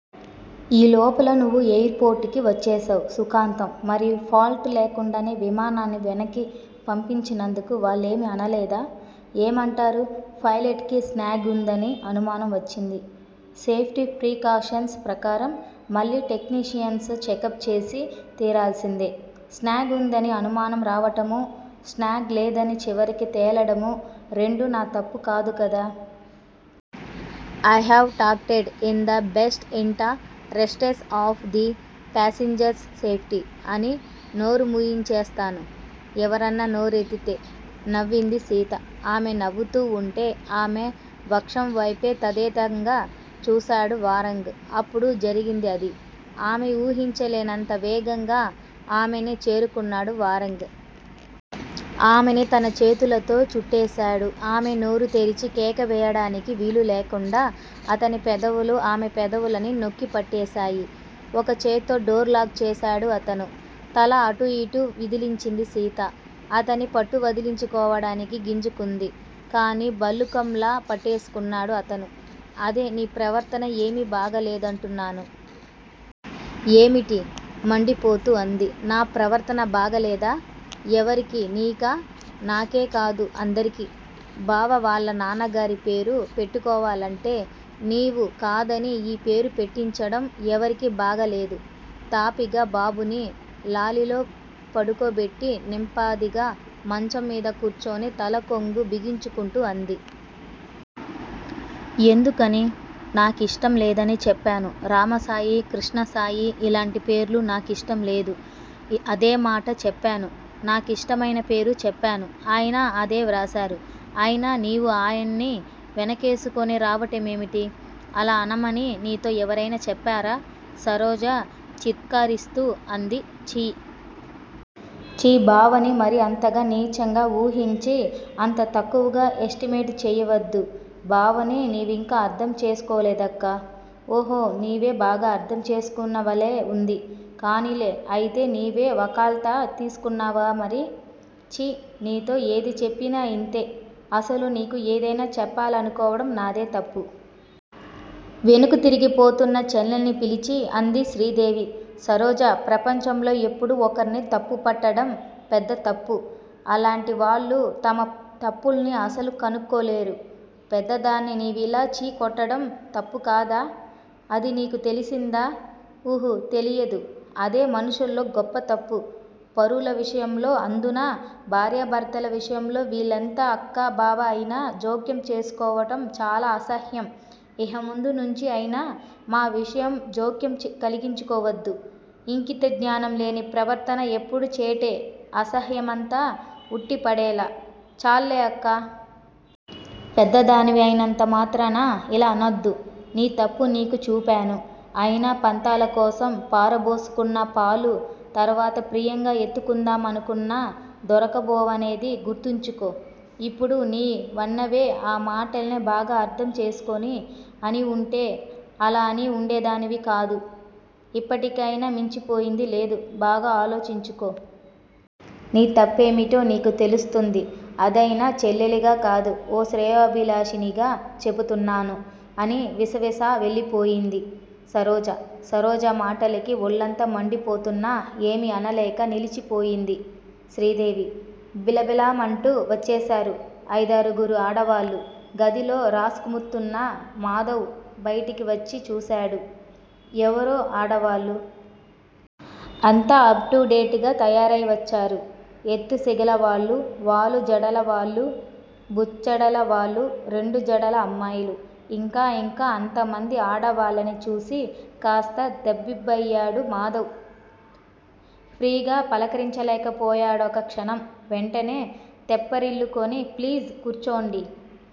ఈ లోపల నువ్వు ఎయిర్ పోర్టుకి వచ్చేశావ్. సుఖాంతం! మరి ఫాల్టు లేకుండానే విమానాన్ని వెనక్కి పంపించినందుకు వాళ్ళేమీ అనలేదా? ఏమంటారు! ఫైలట్ కి స్నాగ్ ఉందని అనుమానం వచ్చింది. సేఫ్టీ ప్రికాషన్స్ ప్రకారం మళ్ళీ టెక్నీషియన్స్ చెకప్ చేసి తీరాల్సిందే! స్నాగ్ వుందని అనుమానం రావటమూ, స్నాగ్ లేదని చివరికి తేలడమూ రెండూ నా తప్పు కాదు కదా! 'I have acted in the best interests of the passengers safety! అని నోరుమూయించేస్తాను ఎవరన్నా నోరెత్తితే! నవ్వింది సీత. ఆమె నవ్వుతూ వుంటే ఆమె వక్షంవైపేతదేకంగా చూశాడు వారంగ్. అప్పుడు జరిగింది అది. ఆమె ఊహించలేనంత వేగంగా ఆమెని చేరుకున్నాడు వారంగ్. ఆమెని తన చేతులతో చుట్టేశాడు. ఆమె నోరు తెరిచి కేకవెయ్యడానికి వీలులేకుండా అతనిపెదవులు ఆమె పెదవులని నొక్కిపట్టేశాయి! ఒక చేత్తో డోర్ లాక్ చేశాడు అతను. తల అటూ ఇటూ విదిలించింది సీత. అతని పట్టువదిలించుకోవడానికి గింజుకుంది. కానీ భల్లూకంలా పట్టేసుకున్నాడు అతను. అదే నీ ప్రవర్తన ఏమి బాగా లేదంటున్నాను? ఏమిటి! మండిపోతూ అంది. నా ప్రవర్తన బాగాలేదా? ఎవరికి నీకా? నాకే కాదు. అందరికి, బావ వాళ్ళనాన్నగారి పేరు పెట్టుకోవాలంటే నీవు కాదని యీ పేరు పెట్టించడం ఎవరికి బాగాలేదు. తాపిగా బాబుని లాలిలో పడుకోబెట్టి నింపాదిగా మంచం మీద కూర్చుని తల కొంగు బిగించుకుంటూ అంది. ఎందుకని? నా కిష్టం లేదని చెప్పాను. రామసాయి, కృష్ణసాయి. ఇలాంటి పేర్లు నా కిష్టం లేదు. అదేమాట చెప్పాను. నాకిష్టమయిన పేరు చెప్పాను. ఆయన అదే వ్రాశారు. అయినా నీవు ఆయన్ని వెనకేసుకుని రావటమేమిటి? అలా అనమని నీతో ఎవరైనా చెప్పారా? సరోజ చిత్కారిస్తూ అంది ఛి! చీ! బావని మరీ అంతగా నీచంగా వూహించి అంత తక్కువగా ఎస్టిమేట్ చెయ్యొద్దు. బావని నివింకా అర్ధం చేసుకోలేదక్కా! ఒహొ నీవే బాగా అర్ధం చేసుకున్నవల్లె వుంది! కానిలే! అయితే నీవే వకాల్తా తీసుకున్నావామరి? ఛి! నీతో ఏది చెప్పినా ఇంతే. అసలు నీకు ఏదైనా చెప్పాలనుకోవటం నాదే తప్పు. వెనుదిరిగిపోబోతున్న చెల్లెల్ని పిలిచి అంది శ్రీదేవి. సరోజా! ప్రపంచంలో ఎప్పుడూ ఒకర్ని తప్పు పట్టటం పెద్ద తప్పు. అలాంటివాళ్ళు తమ తప్పుల్ని అసలు కనుక్కోలేరు. పెద్దదాన్ని నీవిలా చీ కొట్టటం తప్పు కాదా? అది నీకు తెలిసిందా? ఉహు! తెలియదు. అదే మనుషుల్లో గొప్ప తప్పు, పరుల విషయంలో అందునా భార్యాభర్తల విషయంలో వీళ్ళెంత అక్కా బావా అయినా జోక్యం చేసుకోవటం చాలా అసహ్యం, ఇహ ముందు నుంచి అయినా మా విషయం జోక్యం కలిగించుకోవద్దు, ఇంగితజ్ఞానం లేని ప్రవర్తన ఎప్పుడూ చేటే అసహ్యమంతా వుట్టిపడేలా చాల్లే అక్కా! పెద్దదానివి అయినంత మాత్రాన యిలా అనొద్దు. నీ తప్పు నీకు చూపాను. అయినా పంతాలకోసం పారబోసుకున్నపాలు తర్వాత ప్రియంగా ఎత్తుకుందామనుకొన్నా దొరకబోవనేది గుర్తుంచుకో, ఇప్పుడు నీ వన్నావే! ఆ మాటల్నే బాగా అర్ధం చేసుకుని అని వుంటే అలా అని వుండేదానివి కాదు. ఇప్పటికయినా మించిపోయింది లేదు బాగా ఆలోచించుకో. నీ తప్పేమిటో నీకు తెలుస్తుంది. అదయినా చెల్లిలిగా కాదు. ఓ శ్రేయోభిలాషిణిగా చెపుతున్నాను? అని విసవిసా వెళ్ళిపోయింది సరోజ! సరోజ మాటలకి ఒళ్ళంతా మండిపోతున్నా ఏమి అనలేక నిలిచిపోయింది శ్రీదేవి. బిలబిలమంటూ వచ్చేశారు అయిదారుగురు ఆడవాళ్ళు. గదిలో రాసుకుమ్తున్న మాధవ్ బయటికి వచ్చి చూశాడు. ఎవరో ఆడవాళ్లు! అంతా అప్ టు డేట్ గా తయారైవచ్చారు. ఎత్తుసిగలవాళ్ళు, వాలు జడలవాళ్ళు, బుచ్చడల వాళ్ళు రెండు జడల అమ్మాయిలు. ఇంకా ఇంకా అంతమంది ఆడవాళ్ళని చూచి కాస్త తబ్బిబ్బయ్యాడు మాధవ్, ఫ్రీగా పలకరించలేకపోయాడొక క్షణం. వెంటనే తెప్పరిల్లుకుని ప్లీజ్ కూర్చోండి.